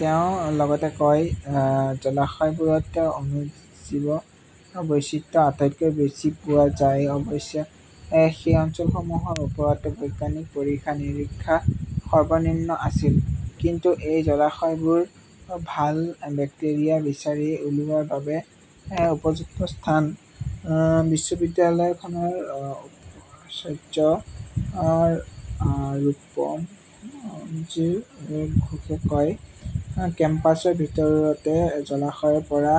তেওঁ লগতে কয়, জলাশয়বোৰত অণুজীৱ বৈচিত্ৰ্য আটাইতকৈ বেছি পোৱা যায়। অৱশ্যে সেই অঞ্চলসমূহৰ ওপৰত বৈজ্ঞানিক পৰীক্ষা-নিৰীক্ষা সৰ্বনিম্ন আছিল। কিন্তু এই জলাশয়বোৰ ভাল বেক্টেৰিয়া বিচাৰি উলিওৱাৰ বাবে উপযুক্ত স্থান। বিশ্ববিদ্যালয়খনৰ উপাচাৰ্য ৰূপমঞ্জৰী ঘোষে কয়, কেম্পাছৰ ভিতৰতে জলাশয়ৰ পৰা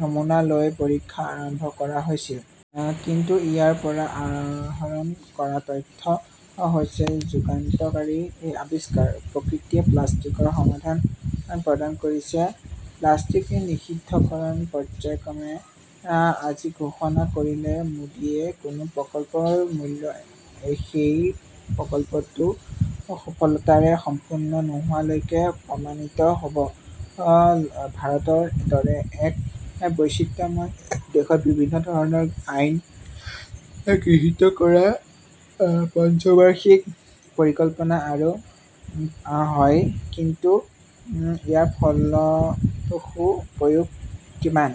নমুনা লৈ পৰীক্ষা আৰম্ভ কৰা হৈছিল। কিন্তু ইয়াৰ পৰা আহৰণ কৰা তথ্য হৈছে যুগান্তকাৰী আৱিষ্কাৰ। প্ৰকৃতিয়ে প্লাষ্টিকৰ সমাধান প্ৰদান কৰিছে। প্লাষ্টিক নিষিদ্ধকৰণ পৰ্য্যায়ক্ৰমে, আজি ঘোষণা কৰিলে মোদীয়ে কোনো প্ৰকল্পৰ মূল্য সেই প্ৰকল্পটো সফলতাৰে সম্পূৰ্ণ নোহোৱালৈকে প্ৰমাণিত হ'ব। ভাৰতৰ দৰে এক বৈচিত্ৰ্যময় দেশত বিভিন্ন ধৰণৰ আইন গৃহীত কৰা পঞ্চবাৰ্ষিক পৰিকল্পনা কৰা হয়, কিন্তু ইয়াৰ ফলপ্ৰসূ প্ৰয়োগ কিমান?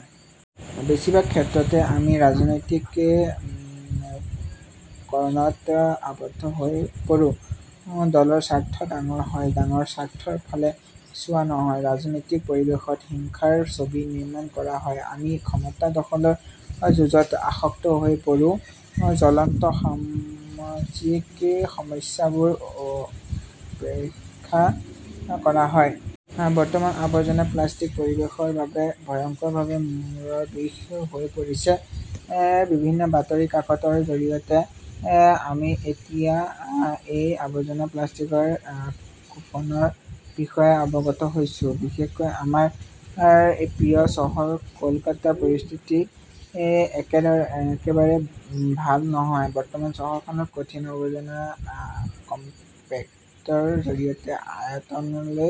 বেছিভাগ ক্ষেত্ৰতে আমি ৰাজনৈতিক মেৰুকৰণত আবদ্ধ হৈ পৰোঁ। দলৰ স্বাৰ্থ ডাঙৰ হয়, ডাঙৰ স্বাৰ্থৰ ফালে চোৱা নহয়। ৰাজনৈতিক পৰিৱেশত হিংসাৰ ছবি নিৰ্মাণ কৰা হয়। আমি ক্ষমতা দখলৰ যুঁজত আসক্ত হৈ পৰোঁ। জ্বলন্ত সামাজিক সমস্যাবোৰ উপেক্ষা কৰা হয়। বৰ্তমান আৱৰ্জনা প্লাষ্টিক পৰিৱেশৰ বাবে ভয়ংকৰভাৱে মূৰৰ বিষ হৈ পৰিছে। বিভিন্ন বাতৰি কাকতৰ জৰিয়তে আমি এতিয়া এই আৱৰ্জনা প্লাষ্টিকৰ কুফলৰ বিষয়ে অৱগত হৈছো। বিশেষকৈ আমাৰ প্ৰিয় চহৰ কলকাতাৰ পৰিস্থিতি একেদৰে একেবাৰে ভাল নহয়। বৰ্তমান চহৰখনত কঠিন আৱৰ্জনা কম্পেক্টৰৰ জৰিয়তে আয়তনলৈ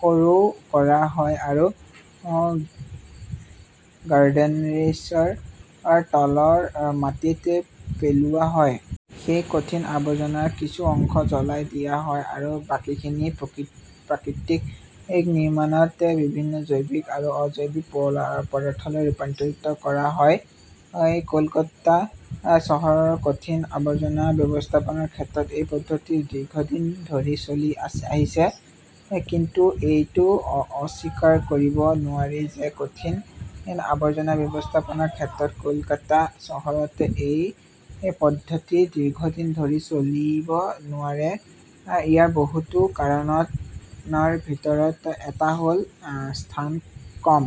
সৰু কৰা হয় আৰু গাৰ্ডেনৰিচৰ তলৰ মাটিত পেলোৱা হয়। সেই কঠিন আৱৰ্জনাৰ কিছু অংশ জ্বলাই দিয়া হয় আৰু বাকীখিনি প্ৰকৃতি প্ৰাকৃতিক নিৰ্মিনত বিভিন্ন জৈৱিক আৰু অজৈব পদাৰ্থলৈ ৰূপান্তৰিত কৰা হয়। কলকাতা চহৰৰ কঠিন আৱৰ্জনা ব্যৱস্থাপনাৰ ক্ষেত্ৰত এই পদ্ধতি দীৰ্ঘদিন ধৰি চলি আহিছে। কিন্তু এইটো অস্বীকাৰ কৰিব নোৱাৰি যে কঠিন আৱৰ্জনা ব্যৱস্থাপনাৰ ক্ষেত্ৰত কলকাতা চহৰত এই পদ্ধতি দীৰ্ঘদিন ধৰি চলিব নোৱাৰে। ইয়াৰ বহুতো কাৰণৰ ভিতৰত এটা হ ল স্থান কম।